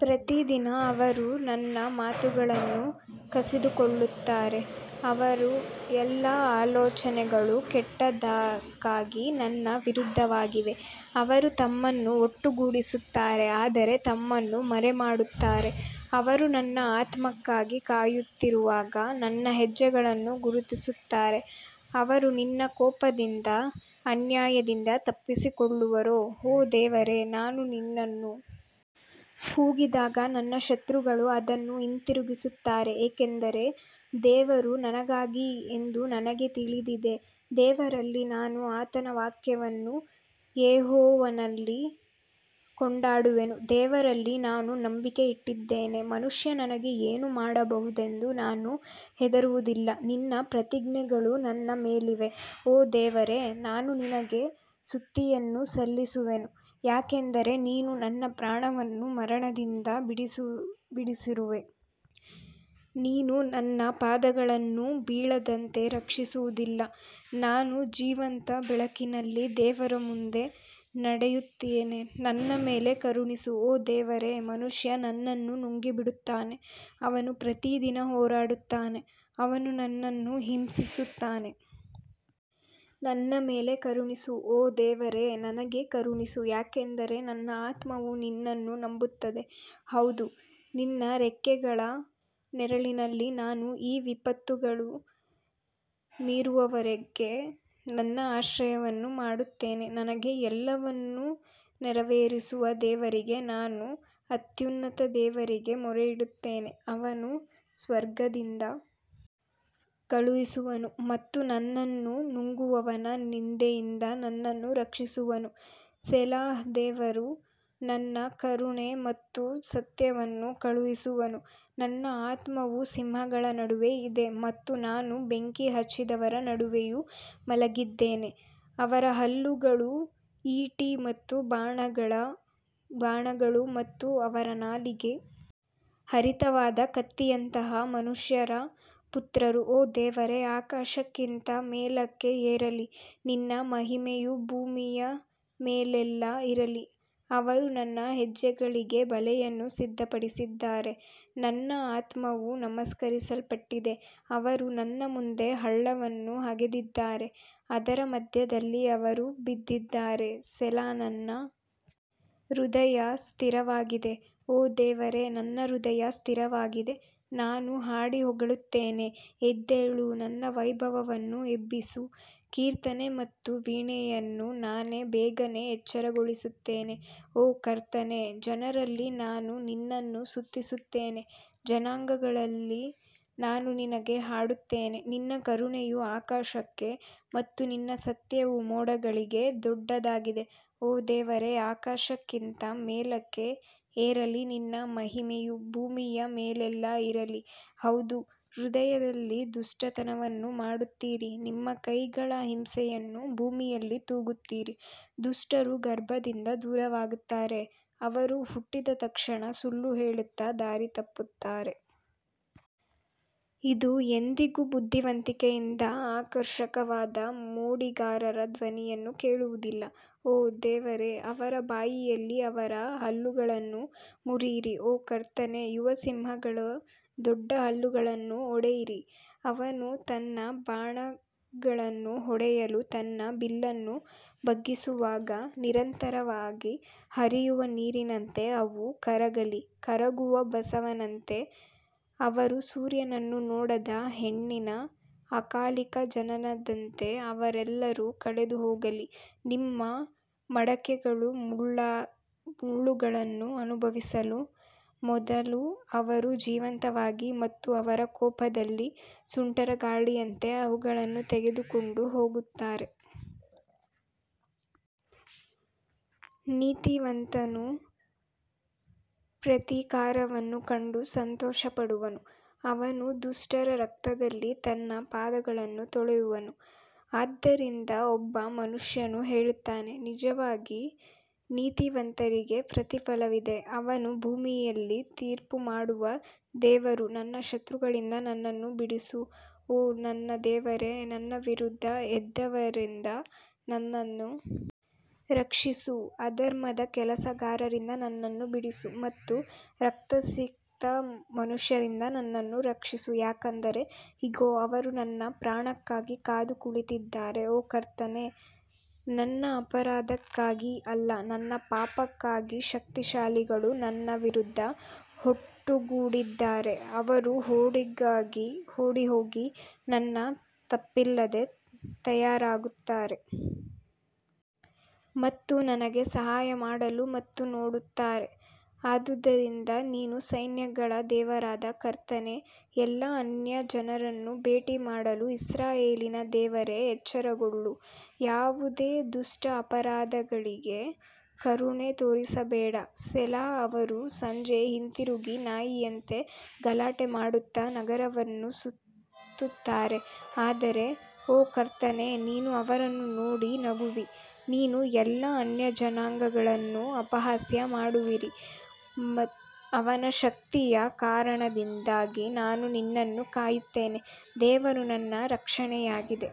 ಪ್ರತಿದಿನ ಅವರು ನನ್ನ ಮಾತುಗಳನ್ನು ಕಸಿದುಕೊಳ್ಳುತ್ತಾರೆ, ಅವರ ಎಲ್ಲಾ ಆಲೋಚನೆಗಳು ಕೆಟ್ಟದ್ದಕ್ಕಾಗಿ ನನ್ನ ವಿರುದ್ಧವಾಗಿವೆ ಅವರು ತಮ್ಮನ್ನು ಒಟ್ಟುಗೂಡಿಸುತ್ತಾರೆ ಅವರು ತಮ್ಮನ್ನು ಮರೆಮಾಡುತ್ತಾರೆ ಅವರು ನನ್ನ ಆತ್ಮಕ್ಕಾಗಿ ಕಾಯುತ್ತಿರುವಾಗ ನನ್ನ ಹೆಜ್ಜೆಗಳನ್ನು ಗುರುತಿಸುತ್ತಾರೆ ಅವರು ನಿನ್ನ ಕೋಪದಿಂದ ಅನ್ಯಾಯದಿಂದ ತಪ್ಪಿಸಿಕೊಳ್ಳುವರೋ ಓ ದೇವರೇ ನಾನು ನಿನ್ನನ್ನು ಕೂಗಿದಾಗ ನನ್ನ ಶತ್ರುಗಳು ಅದನ್ನು ಹಿಂತಿರುಗಿಸುತ್ತಾರೆ ಏಕೆಂದರೆ ದೇವರು ನನಗಾಗಿ ಎಂದು ನನಗೆ ತಿಳಿದಿದೆ ದೇವರಲ್ಲಿ ನಾನು ಆತನ ವಾಕ್ಯವನ್ನು ಯೆಹೋವನಲ್ಲಿ ಕೊಂಡಾಡುವೆನು ದೇವರಲ್ಲಿ ನಾನು ನಂಬಿಕೆ ಇಟ್ಟಿದ್ದೇನೆ, ಮನುಷ್ಯ ನನಗೆ ಏನು ಮಾಡಬಹುದೆಂದು ನಾನು ಹೆದರುವುದಿಲ್ಲ ನಿನ್ನ ಪ್ರತಿಜ್ಞೆಗಳು ನನ್ನ ಮೇಲಿವೆ ಓ ದೇವರೇ ನಾನು ನಿನಗೆ ಸ್ತುತಿಯನ್ನು ಸಲ್ಲಿಸುವೆನು ಯಾಕಂದರೆ ನೀನು ನನ್ನ ಪ್ರಾಣವನ್ನು ಮರಣದಿಂದ ಬಿಡಿಸಿರುವೆ ನೀನು ನನ್ನ ಪಾದಗಳನ್ನು ಬೀಳದಂತೆ ರಕ್ಷಿಸುವುದಿಲ್ಲ ನಾನು ಜೀವಂತ ಬೆಳಕಿನಲ್ಲಿ ದೇವರ ಮುಂದೆ ನಡೆಯುತ್ತೇನೆ ನನ್ನ ಮೇಲೆ ಕರುಣಿಸು ಓ ದೇವರೇ ಮನುಷ್ಯ ನನ್ನನ್ನು ನುಂಗಿಬಿಡುತ್ತಾನೆ, ಅವನು ಪ್ರತಿದಿನ ಹೋರಾಡುತ್ತಾನೆ, ಅವನು ನನ್ನನ್ನು ಹಿಂಸಿಸುತ್ತಾನೆ. ನನ್ನ ಮೇಲೆ ಕರುಣಿಸು ಓ ದೇವರೇ ನನಗೆ ಕರುಣಿಸು ಯಾಕಂದರೆ ನನ್ನ ಆತ್ಮವು ನಿನ್ನನ್ನು ನಂಬುತ್ತದೆ ಹೌದು ನಿನ್ನ ರೆಕ್ಕೆಗಳ ನೆರಳಿನಲ್ಲಿ ನಾನು ಈ ವಿಪತ್ತುಗಳು ಮೀರುವವರೆಗೆ ನನ್ನ ಆಶ್ರಯವನ್ನು ಮಾಡುತ್ತೇನೆ ನನಗೆ ಎಲ್ಲವನ್ನು ನೆರವೇರಿಸುವ ದೇವರಿಗೆ ನಾನು ಅತ್ಯುನ್ನತ ದೇವರಿಗೆ ಮೊರೆಯಿಡುತ್ತೇನೆ ಅವನು ಸ್ವರ್ಗದಿಂದ ಕಳುಹಿಸುವನು ಮತ್ತು ನನ್ನನ್ನು ನುಂಗುವವನ ನಿಂದೆಯಿಂದ ನನ್ನನ್ನು ರಕ್ಷಿಸುವನು ಸೆಲಾಹ್ ದೇವರು ತನ್ನ ಕರುಣೆ ಮತ್ತು ಸತ್ಯವನ್ನು ಕಳುಹಿಸುವನು ನನ್ನ ಆತ್ಮವು ಸಿಂಹಗಳ ನಡುವೆ ಇದೆ ಮತ್ತು ನಾನು ಬೆಂಕಿ ಹಚ್ಚಿದವರ ನಡುವೆಯೂ ಮಲಗಿದ್ದೇನೆ, ಅವರ ಹಲ್ಲುಗಳು ಈಟಿ ಮತ್ತು ಬಾಣಗಳು ಮತ್ತು ಅವರ ನಾಲಿಗೆ ಹರಿತವಾದ ಕತ್ತಿಯಂತಹ ಮನುಷ್ಯರ ಪುತ್ರರು ಓ ದೇವರೇ ಆಕಾಶಕ್ಕಿಂತ ಮೇಲಕ್ಕೆ ಏರಲಿ ನಿನ್ನ ಮಹಿಮೆಯು ಭೂಮಿಯ ಮೇಲೆಲ್ಲ ಇರಲಿ ಅವರು ನನ್ನ ಹೆಜ್ಜೆಗಳಿಗೆ ಬಲೆಯನ್ನು ಸಿದ್ಧಪಡಿಸಿದ್ದಾರೆ, ನನ್ನ ಆತ್ಮವು ನಮಸ್ಕರಿಸಲ್ಪಟ್ಟಿದೆ ಅವರು ನನ್ನ ಮುಂದೆ ಹಳ್ಳವನ್ನು ಅಗೆದಿದ್ದಾರೆ, ಅದರ ಮಧ್ಯದಲ್ಲಿ ಅವರು ಬಿದ್ದಿದ್ದಾರೆ ಸೆಲಾ ನನ್ನ ಹೃದಯ ಸ್ಥಿರವಾಗಿದೆ ಓ ದೇವರೇ ನನ್ನ ಹೃದಯ ಸ್ಥಿರವಾಗಿದೆ ನಾನು ಹಾಡಿ ಹೊಗಳುತ್ತೇನೆ ಎದ್ದೇಳು ನನ್ನ ವೈಭವವನ್ನು ಎಬ್ಬಿಸು ಕೀರ್ತನೆ ಮತ್ತು ವೀಣೆಯನ್ನು ನಾನೇ ಬೇಗನೆ ಎಚ್ಚರಗೊಳಿಸುತ್ತೇನೆ ಓ ಕರ್ತನೇ, ಜನರಲ್ಲಿ ನಾನು ನಿನ್ನನ್ನು ಸ್ತುತಿಸುತ್ತೇನೆ, ಜನಾಂಗಗಳಲ್ಲಿ ನಾನು ನಿನಗೆ ಹಾಡುತ್ತೇನೆ ನಿನ್ನ ಕರುಣೆಯು ಆಕಾಶಕ್ಕೆ ಮತ್ತು ನಿನ್ನ ಸತ್ಯವು ಮೋಡಗಳಿಗೆ ದೊಡ್ಡದಾಗಿದೆ ಓ ದೇವರೇ ಆಕಾಶಕ್ಕಿಂತ ಮೇಲಕ್ಕೆ ಏರಲಿ ನಿನ್ನ ಮಹಿಮೆಯು ಭೂಮಿಯ ಮೇಲೆಲ್ಲ ಇರಲಿ ಹೌದು ಹೃದಯದಲ್ಲಿ ದುಷ್ಟತನವನ್ನು ಮಾಡುತ್ತೀರಿ ನಿಮ್ಮ ಕೈಗಳ ಹಿಂಸೆಯನ್ನು ಭೂಮಿಯಲ್ಲಿ ತೂಗುತ್ತೀರಿ ದುಷ್ಟರು ಗರ್ಭದಿಂದ ದೂರವಾಗುತ್ತಾರೆ, ಅವರು ಹುಟ್ಟಿದ ತಕ್ಷಣ ಸುಳ್ಳು ಹೇಳುತ್ತಾ ದಾರಿ ತಪ್ಪುತ್ತಾರೆ. ಇದು ಎಂದಿಗೂ ಬುದ್ಧಿವಂತಿಕೆಯಿಂದ ಆಕರ್ಷಕವಾದ ಮೋಡಿಗಾರರ ಧ್ವನಿಯನ್ನು ಕೇಳುವುದಿಲ್ಲ ಓ ದೇವರೇ ಅವರ ಬಾಯಿಯಲ್ಲಿ ಅವರ ಹಲ್ಲುಗಳನ್ನು ಮುರಿಯಿರಿ ಓ ಕರ್ತನೇ ಯುವ ಸಿಂಹಗಳ ದೊಡ್ಡ ಹಲ್ಲುಗಳನ್ನು ಒಡೆಯಿರಿ ಅವನು ತನ್ನ ಬಾಣಗಳನ್ನು ಹೊಡೆಯಲು ತನ್ನ ಬಿಲ್ಲನ್ನು ಬಗ್ಗಿಸುವಾಗ ನಿರಂತರವಾಗಿ ಹರಿಯುವ ನೀರಿನಂತೆ ಅವು ಕರಗಲಿ ಕರಗುವ ಬಸವನಂತೆ, ಅವರು ಸೂರ್ಯನನ್ನು ನೋಡದ ಹೆಣ್ಣಿನ ಅಕಾಲಿಕ ಜನನದಂತೆ ಅವರೆಲ್ಲರೂ ಕಳೆದು ಹೋಗಲಿ ನಿಮ್ಮ ಮಡಕೆಗಳು ಮುಳ್ಳುಗಳನ್ನು ಅನುಭವಿಸುವ ಮೊದಲು ಅವರು ಜೀವಂತವಾಗಿ ಮತ್ತು ಅವರ ಕೋಪದಲ್ಲಿ ಸುಂಟರಗಾಳಿಯಂತೆ ಅವುಗಳನ್ನು ತೆಗೆದುಕೊಂಡು ಹೋಗುತ್ತಾರೆ. ನೀತಿವಂತನು ಪ್ರತೀಕಾರವನ್ನು ಕಂಡು ಸಂತೋಷಪಡುವನು, ಅವನು ದುಷ್ಟರ ರಕ್ತದಲ್ಲಿ ತನ್ನ ಪಾದಗಳನ್ನು ತೊಳೆಯುವನು ಆದ್ದರಿಂದ ಒಬ್ಬ ಮನುಷ್ಯನು ಹೇಳುತ್ತಾನೆ, ನಿಜವಾಗಿ ನೀತಿವಂತರಿಗೆ ಪ್ರತಿಫಲವಿದೆ, ಅವನು ಭೂಮಿಯಲ್ಲಿ ತೀರ್ಪು ಮಾಡುವ ದೇವರು ನನ್ನ ಶತ್ರುಗಳಿಂದ ನನ್ನನ್ನು ಬಿಡಿಸು ಓ ನನ್ನ ದೇವರೇ ನನ್ನ ವಿರುದ್ಧ ಎದ್ದವರಿಂದ ನನ್ನನ್ನು ರಕ್ಷಿಸು ಅಧರ್ಮದ ಕೆಲಸಗಾರರಿಂದ ನನ್ನನ್ನು ಬಿಡಿಸು ಮತ್ತು ರಕ್ತಸಿಕ್ತ ಮನುಷ್ಯರಿಂದ ನನ್ನನ್ನು ರಕ್ಷಿಸು ಯಾಕಂದರೆ ಇಗೋ ಅವರು ನನ್ನ ಪ್ರಾಣಕ್ಕಾಗಿ ಕಾದು ಕುಳಿತಿದ್ದಾರೆ ಓ ಕರ್ತನೇ ನನ್ನ ಅಪರಾಧಕ್ಕಾಗಿ ಅಲ್ಲ, ನನ್ನ ಪಾಪಕ್ಕಾಗಿ ಶಕ್ತಿಶಾಲಿಗಳು ನನ್ನ ವಿರುದ್ಧ ಒಟ್ಟುಗೂಡಿದ್ದಾರೆ ಅವರು ಓಡಿಹೋಗಿ ನನ್ನ ತಪ್ಪಿಲ್ಲದೆ ತಯಾರಾಗುತ್ತಾರೆ ಮತ್ತು ನನಗೆ ಸಹಾಯ ಮಾಡಲು ಮತ್ತು ನೋಡುತ್ತಾರೆ ಆದುದರಿಂದ ನೀನು ಸೈನ್ಯಗಳ ದೇವರಾದ ಕರ್ತನೇ, ಎಲ್ಲಾ ಅನ್ಯಜನರನ್ನು ಭೇಟಿಮಾಡಲು ಇಸ್ರಾಯೇಲಿನ ದೇವರೇ ಎಚ್ಚರಗೊಳ್ಳು, ಯಾವುದೇ ದುಷ್ಟ ಅಪರಾಧಿಗಳಿಗೆ ಕರುಣೆ ತೋರಿಸಬೇಡ ಸೆಲಾ ಅವರು ಸಂಜೆ ಹಿಂತಿರುಗಿ ನಾಯಿಯಂತೆ ಗಲಾಟೆ ಮಾಡುತ್ತಾ ನಗರವನ್ನು ಸುತ್ತುತ್ತಾರೆ ಆದರೆ ಓ ಕರ್ತನೇ, ನೀನು ಅವರನ್ನು ನೋಡಿ ನಗುವಿ, ನೀನು ಎಲ್ಲಾ ಅನ್ಯಜನಾಂಗಗಳನ್ನು ಅಪಹಾಸ್ಯ ಮಾಡುವಿರಿ ಅವನ ಶಕ್ತಿಯ ಕಾರಣದಿಂದಾಗಿ ನಾನು ನಿನ್ನನ್ನು ಕಾಯುತ್ತೇನೆ, ದೇವರು ನನ್ನ ರಕ್ಷಣೆಯಾಗಿದೆ.